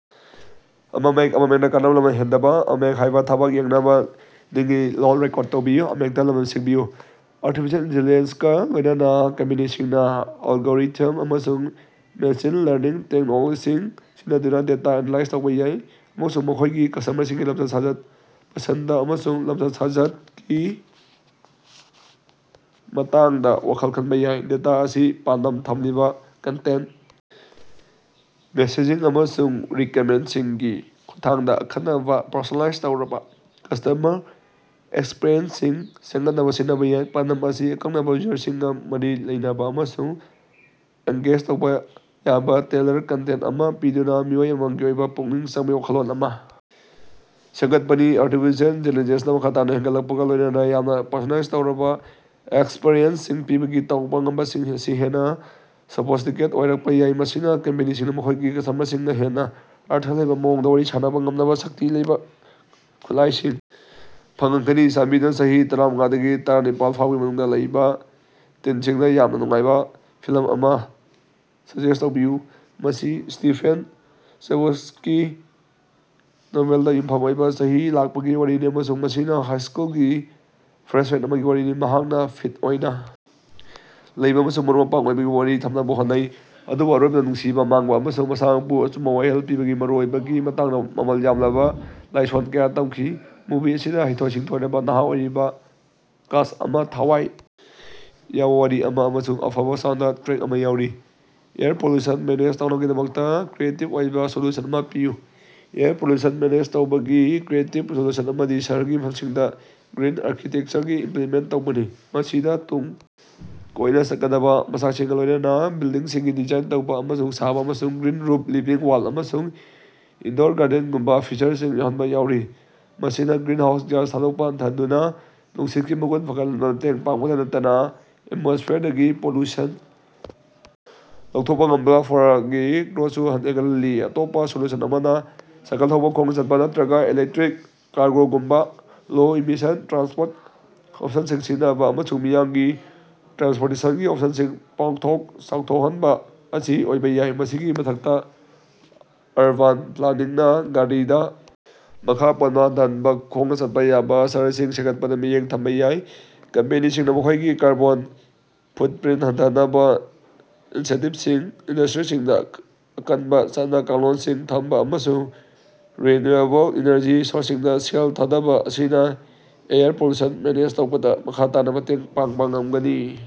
Artificial intelligence ꯀ ꯂꯣꯏꯅꯅꯥ ꯀꯝꯄꯦꯅꯤꯁꯤꯡꯅꯥ ꯑꯦꯜꯒꯣꯔꯤꯊꯝ ꯑꯃꯁꯨꯡ ꯃꯦꯁꯤꯟ ꯂꯔꯅꯤꯡ ꯇꯦꯛꯅꯤꯛꯁꯤꯡ ꯁꯤꯖꯤꯟꯅꯗꯨꯅꯥ ꯗꯦꯇꯥ ꯑꯦꯅꯥꯂꯥꯏꯖ ꯇꯧꯕꯥ ꯌꯥꯏ ꯑꯃꯁꯨꯡ ꯃꯈꯣꯏꯒꯤ ꯀꯁꯇꯃꯔꯁꯤꯡꯒꯤ ꯂꯝꯆꯠ ꯁꯥꯖꯠ ꯄꯁꯟꯗ ꯑꯃꯁꯨꯡ ꯂꯝꯆꯠ ꯁꯥꯖꯠꯀꯤ ꯃꯇꯥꯡꯗꯥ ꯋꯥꯈꯜ ꯈꯟꯕꯥ ꯌꯥꯏ꯫ ꯗꯦꯇꯥ ꯑꯁꯤ ꯄꯥꯟꯗꯝ ꯊꯝꯂꯤꯕꯥ ꯀꯟꯇꯦꯟꯠ ꯃꯦꯁꯦꯖꯤꯡ ꯑꯃꯁꯨꯡ ꯔꯤꯀꯃꯦꯟꯗꯦꯁꯟꯁꯤꯡꯒꯤ ꯈꯨꯠꯊꯥꯡꯗꯥ ꯑꯈꯟꯅꯕꯥ ꯄꯔꯁꯣꯅꯦꯂꯥꯏꯖ ꯇꯧꯔꯕꯥ ꯀꯁꯇꯃꯔ ꯑꯦꯛꯁꯄꯤꯔꯤꯑꯦꯟꯁꯁꯤꯡ ꯁꯦꯝꯒꯠꯅꯕꯥ ꯁꯤꯖꯤꯟꯅꯕꯥ ꯌꯥꯏ꯫ ꯄꯥꯟꯗꯝ ꯑꯁꯤ ꯑꯀꯛꯅꯕꯥ ꯌꯨꯖꯔꯁꯤꯡꯒꯥ ꯃꯔꯤ ꯂꯩꯅꯕꯥ ꯑꯃꯁꯨꯡ ꯑꯦꯡꯒꯦꯖ ꯇꯧꯕꯥ ꯌꯥꯕꯥ ꯇꯦꯜꯂꯔ ꯀꯟꯇꯦꯟꯠ ꯑꯃꯥ ꯄꯤꯗꯨꯅꯥ ꯃꯤꯑꯣꯏ ꯑꯃꯃꯝꯒꯤ ꯑꯣꯏꯕꯥ ꯄꯨꯛꯅꯤꯡ ꯆꯪꯕꯒꯤ ꯋꯥꯈꯜꯂꯣꯟ ꯑꯃꯥ ꯁꯦꯝꯒꯠꯄꯅꯤ꯫ ꯑꯥꯔꯇꯤꯐꯤꯁꯤꯌꯦꯜ ꯏꯟꯇꯤꯂꯤꯖꯦꯟꯁꯅꯥ ꯃꯈꯥ ꯇꯥꯅꯥ ꯍꯦꯟꯒꯠꯂꯛꯄꯒꯥ ꯂꯣꯏꯅꯅꯥ ꯌꯥꯝꯅꯥ ꯄꯔꯁꯣꯅꯦꯂꯥꯏꯖ ꯇꯧꯔꯕꯥ ꯑꯦꯛꯁꯄꯔꯤꯌꯦꯟꯁꯁꯤꯡ ꯄꯤꯕꯒꯤ ꯇꯧꯕꯥ ꯉꯝꯕꯁꯤꯡ ꯑꯁꯤ ꯍꯦꯟꯅꯥ ꯁꯣꯐꯤꯁ꯭ꯇꯤꯀꯦꯠ ꯑꯣꯏꯔꯛꯄꯥ ꯌꯥꯏ ꯃꯁꯤꯅꯥ ꯀꯝꯄꯦꯅꯤꯁꯤꯡꯗꯥ ꯃꯈꯣꯏꯒꯤ ꯀꯁꯇꯃꯔꯁꯤꯡꯒꯥ ꯍꯦꯟꯅꯥ ꯑꯔꯊ ꯂꯩꯕꯥ ꯃꯑꯣꯡꯗꯥ ꯋꯥꯔꯤ ꯁꯥꯟꯅꯕꯥ ꯉꯝꯅꯕꯥ ꯁꯛꯇꯤ ꯂꯩꯕꯥ ꯈꯨꯠꯂꯥꯏꯁꯤꯡ ꯐꯪꯍꯟꯒꯅꯤ꯫ ꯆꯥꯟꯕꯤꯗꯨꯅꯥ ꯆꯍꯤ ꯇꯔꯥꯃꯉꯥꯗꯗꯒꯤ ꯇꯔꯥꯅꯤꯄꯥꯟ ꯐꯥꯎꯕꯒꯤ ꯃꯅꯨꯡꯗꯥ ꯂꯩꯕꯥ ꯇꯤꯟꯁꯤꯡꯗꯥ ꯌꯥꯝꯅꯥ ꯅꯨꯡꯉꯥꯏꯕꯥ ꯐꯤꯂꯝ ꯑꯃꯥ ꯁꯖꯦꯁ꯭ꯠ ꯇꯧꯕꯤꯌꯨ꯫ ꯃꯁꯤ ꯁ꯭ꯇꯤꯐꯦꯟ ꯆꯕꯣꯁ꯭ꯀꯤꯒꯤ ꯅꯣꯚꯦꯜꯗꯥ ꯌꯨꯝꯐꯝ ꯑꯣꯏꯕꯥ ꯆꯍꯤ ꯂꯥꯛꯄꯒꯤ ꯋꯥꯔꯤꯅꯤ ꯑꯃꯁꯨꯡ ꯃꯁꯤꯅꯥ ꯍꯥꯏꯁ꯭ꯀꯨꯜꯒꯤ ꯐ꯭ꯔꯦꯁꯃꯦꯟ ꯑꯃꯒꯤ ꯋꯥꯔꯤꯅꯤ ꯃꯍꯥꯛꯅꯥ ꯐꯤꯠ ꯑꯣꯏꯅꯥ ꯂꯩꯕꯥ ꯑꯃꯁꯨꯡ ꯃꯔꯨꯞ ꯃꯄꯥꯡ ꯑꯣꯏꯕꯒꯤ ꯃꯔꯤ ꯊꯝꯅꯕꯥ ꯍꯣꯠꯅꯩ ꯑꯗꯨꯕꯨ ꯑꯔꯣꯏꯕꯗꯥ ꯅꯨꯡꯁꯤꯕꯥ ꯃꯥꯡꯕꯥ ꯑꯃꯁꯨꯡ ꯃꯁꯥꯃꯛꯄꯨ ꯑꯆꯨꯝꯕꯥ ꯋꯥꯌꯦꯜ ꯄꯤꯕꯒꯤ ꯃꯔꯨꯑꯣꯏꯕꯒꯤ ꯃꯇꯥꯡꯗꯥ ꯃꯃꯜ ꯌꯥꯝꯂꯕꯥ ꯂꯥꯏꯁꯣꯟ ꯀꯌꯥ ꯇꯝꯈꯤ꯫ ꯃꯨꯚꯤ ꯑꯁꯤꯗꯥ ꯍꯩꯊꯣꯏ ꯁꯤꯡꯊꯣꯏꯔꯕꯥ ꯅꯍꯥ ꯑꯣꯏꯔꯤꯕꯥ ꯀꯥꯁ꯭ꯠ ꯑꯃꯥ ꯊꯋꯥꯏ ꯌꯥꯎꯕꯥ ꯋꯥꯔꯤ ꯑꯃꯥ ꯑꯃꯁꯨꯡ ꯑꯐꯕꯥ ꯁꯥꯎꯟꯗ ꯇ꯭ꯔꯦꯛ ꯑꯃꯥ ꯌꯥꯎꯔꯤ꯫ ꯑꯦꯌꯔ ꯄꯣꯂꯨꯁꯟ ꯃꯦꯅꯦꯖ ꯇꯧꯅꯕꯒꯤꯗꯃꯛ ꯀ꯭ꯔꯤꯌꯦꯇꯤꯕ ꯑꯣꯏꯕꯥ ꯁꯣꯂꯨꯁꯟ ꯑꯃꯥ ꯄꯤꯌꯨ꯫ ꯑꯦꯌꯔ ꯄꯣꯂꯨꯁꯟ ꯃꯦꯅꯦꯖ ꯇꯧꯅꯕꯒꯤ ꯀ꯭ꯔꯤꯌꯦꯇꯤꯕ ꯁꯣꯂꯨꯁꯟ ꯑꯃꯗꯤ ꯁꯍꯔꯒꯤ ꯃꯐꯝꯁꯤꯡꯗꯥ ꯒ꯭ꯔꯤꯟ ꯑꯥꯔꯀꯤꯇꯦꯛꯆꯔ ꯏꯝꯄ꯭ꯂꯤꯃꯦꯟꯠ ꯇꯧꯕꯅꯤ꯫ ꯃꯁꯤꯗꯥ ꯇꯨꯡ ꯀꯣꯏꯅꯥ ꯆꯠꯀꯗꯕꯥ ꯃꯆꯥꯛꯁꯤꯡꯒꯥ ꯂꯣꯏꯅꯅꯥ ꯕꯤꯜꯗꯤꯡꯁꯤꯡ ꯗꯤꯖꯥꯏꯟ ꯇꯧꯕꯥ ꯑꯃꯁꯨꯡ ꯁꯥꯕꯥ ꯑꯃꯁꯨꯡ ꯒ꯭ꯔꯤꯟ ꯔꯨꯐ ꯂꯤꯚꯤꯡ ꯋꯥꯜ ꯑꯃꯁꯨꯡ ꯏꯟꯗꯣꯔ ꯒꯥꯔꯗꯦꯟꯒꯨꯝꯕꯥ ꯐꯤꯆꯔꯁꯤꯡ ꯌꯥꯎꯍꯟꯕꯥ ꯌꯥꯎꯔꯤ꯫ ꯃꯁꯤꯅꯥ ꯒ꯭ꯔꯤꯟꯍꯥꯎꯁ ꯒ꯭ꯌꯥꯁ ꯊꯥꯗꯣꯛꯄꯥ ꯍꯟꯊꯍꯟꯗꯨꯅꯥ ꯅꯨꯡꯁꯤꯠꯀꯤ ꯃꯒꯨꯟ ꯐꯒꯠꯍꯟꯕꯗꯥ ꯃꯇꯦꯡ ꯄꯥꯡꯕꯇꯥ ꯅꯠꯇꯅꯥ ꯑꯦꯠꯃꯣꯁ꯭ꯐꯤꯌꯔꯗꯒꯤ ꯄꯣꯂꯨꯁꯟ ꯂꯧꯊꯣꯛꯄꯥ ꯉꯝꯕꯥ ꯐ꯭ꯂꯣꯔꯥꯒꯤ ꯒ꯭ꯔꯣꯊꯁꯨ ꯍꯦꯟꯒꯠꯍꯜꯂꯤ꯫ ꯑꯇꯣꯞꯄꯥ ꯁꯣꯂꯨꯁꯟ ꯑꯃꯅꯥ ꯁꯥꯏꯀꯜ ꯊꯧꯕꯥ ꯈꯣꯡꯅꯥ ꯆꯠꯄꯥ ꯅꯠꯇ꯭ꯔꯒꯥ ꯏꯂꯦꯛꯇ꯭ꯔꯤꯛ ꯀꯥꯔꯒꯣꯒꯨꯝꯕꯥ ꯂꯣ-ꯏꯃꯤꯁꯟ ꯇ꯭ꯔꯥꯟꯁꯄꯣꯔꯠ ꯑꯣꯞꯁꯟꯁꯤꯡ ꯁꯤꯖꯤꯟꯅꯕꯥ ꯑꯃꯁꯨꯡ ꯃꯤꯌꯥꯝꯒꯤ ꯇ꯭ꯔꯥꯟꯁꯄꯣꯔꯇꯦꯁꯟꯒꯤ ꯑꯣꯞꯁꯟꯁꯤꯡ ꯄꯥꯛꯊꯣꯛ ꯆꯥꯎꯊꯣꯛꯍꯟꯕꯥ ꯑꯁꯤ ꯑꯣꯏꯕꯥ ꯌꯥꯏ꯫ ꯃꯁꯤꯒꯤ ꯃꯊꯛꯇꯥ ꯑꯔꯕꯥꯟ ꯄ꯭ꯂꯥꯅꯤꯡꯅꯥ ꯒꯥꯔꯤꯗꯥ ꯃꯈꯥ ꯄꯣꯟꯕꯥ ꯍꯟꯊꯍꯟꯅꯕꯥ ꯈꯣꯡꯅꯥ ꯆꯠꯄꯥ ꯌꯥꯕꯥ ꯁꯍꯔꯁꯤꯡ ꯁꯦꯝꯒꯠꯄꯗꯥ ꯃꯤꯠꯌꯦꯡ ꯊꯝꯕꯥ ꯌꯥꯏ꯫ ꯀꯝꯄꯦꯅꯤꯁꯤꯡꯅꯥ ꯃꯈꯣꯏꯒꯤ ꯀꯥꯔꯕꯣꯟ ꯐꯨꯠꯄ꯭ꯔꯤꯟꯠ ꯍꯟꯊꯍꯟꯅꯕꯥ ꯏꯟꯁꯦꯟꯇꯤꯕꯁꯤꯡ ꯏꯟꯗꯁꯇ꯭ꯔꯤꯁꯤꯡꯗꯥ ꯑꯀꯟꯕꯥ ꯆꯠꯅ ꯀꯥꯡꯂꯣꯟꯁꯤꯡ ꯊꯝꯕꯥ ꯑꯃꯁꯨꯡ ꯔꯤꯅ꯭ꯌꯨꯑꯦꯕꯜ ꯏꯅꯔꯖꯤ ꯁꯣꯔꯁꯁꯤꯡꯗꯥ ꯁꯦꯜ ꯊꯥꯗꯕꯥ ꯑꯁꯤꯅꯥ ꯑꯦꯌꯔ ꯄꯣꯂꯨꯁꯟ ꯃꯦꯅꯦꯖ ꯇꯧꯕꯗꯥ ꯃꯈꯥ ꯇꯥꯅꯥ ꯃꯇꯦꯡ ꯄꯥꯡꯕꯥ ꯉꯝꯒꯅꯤ꯫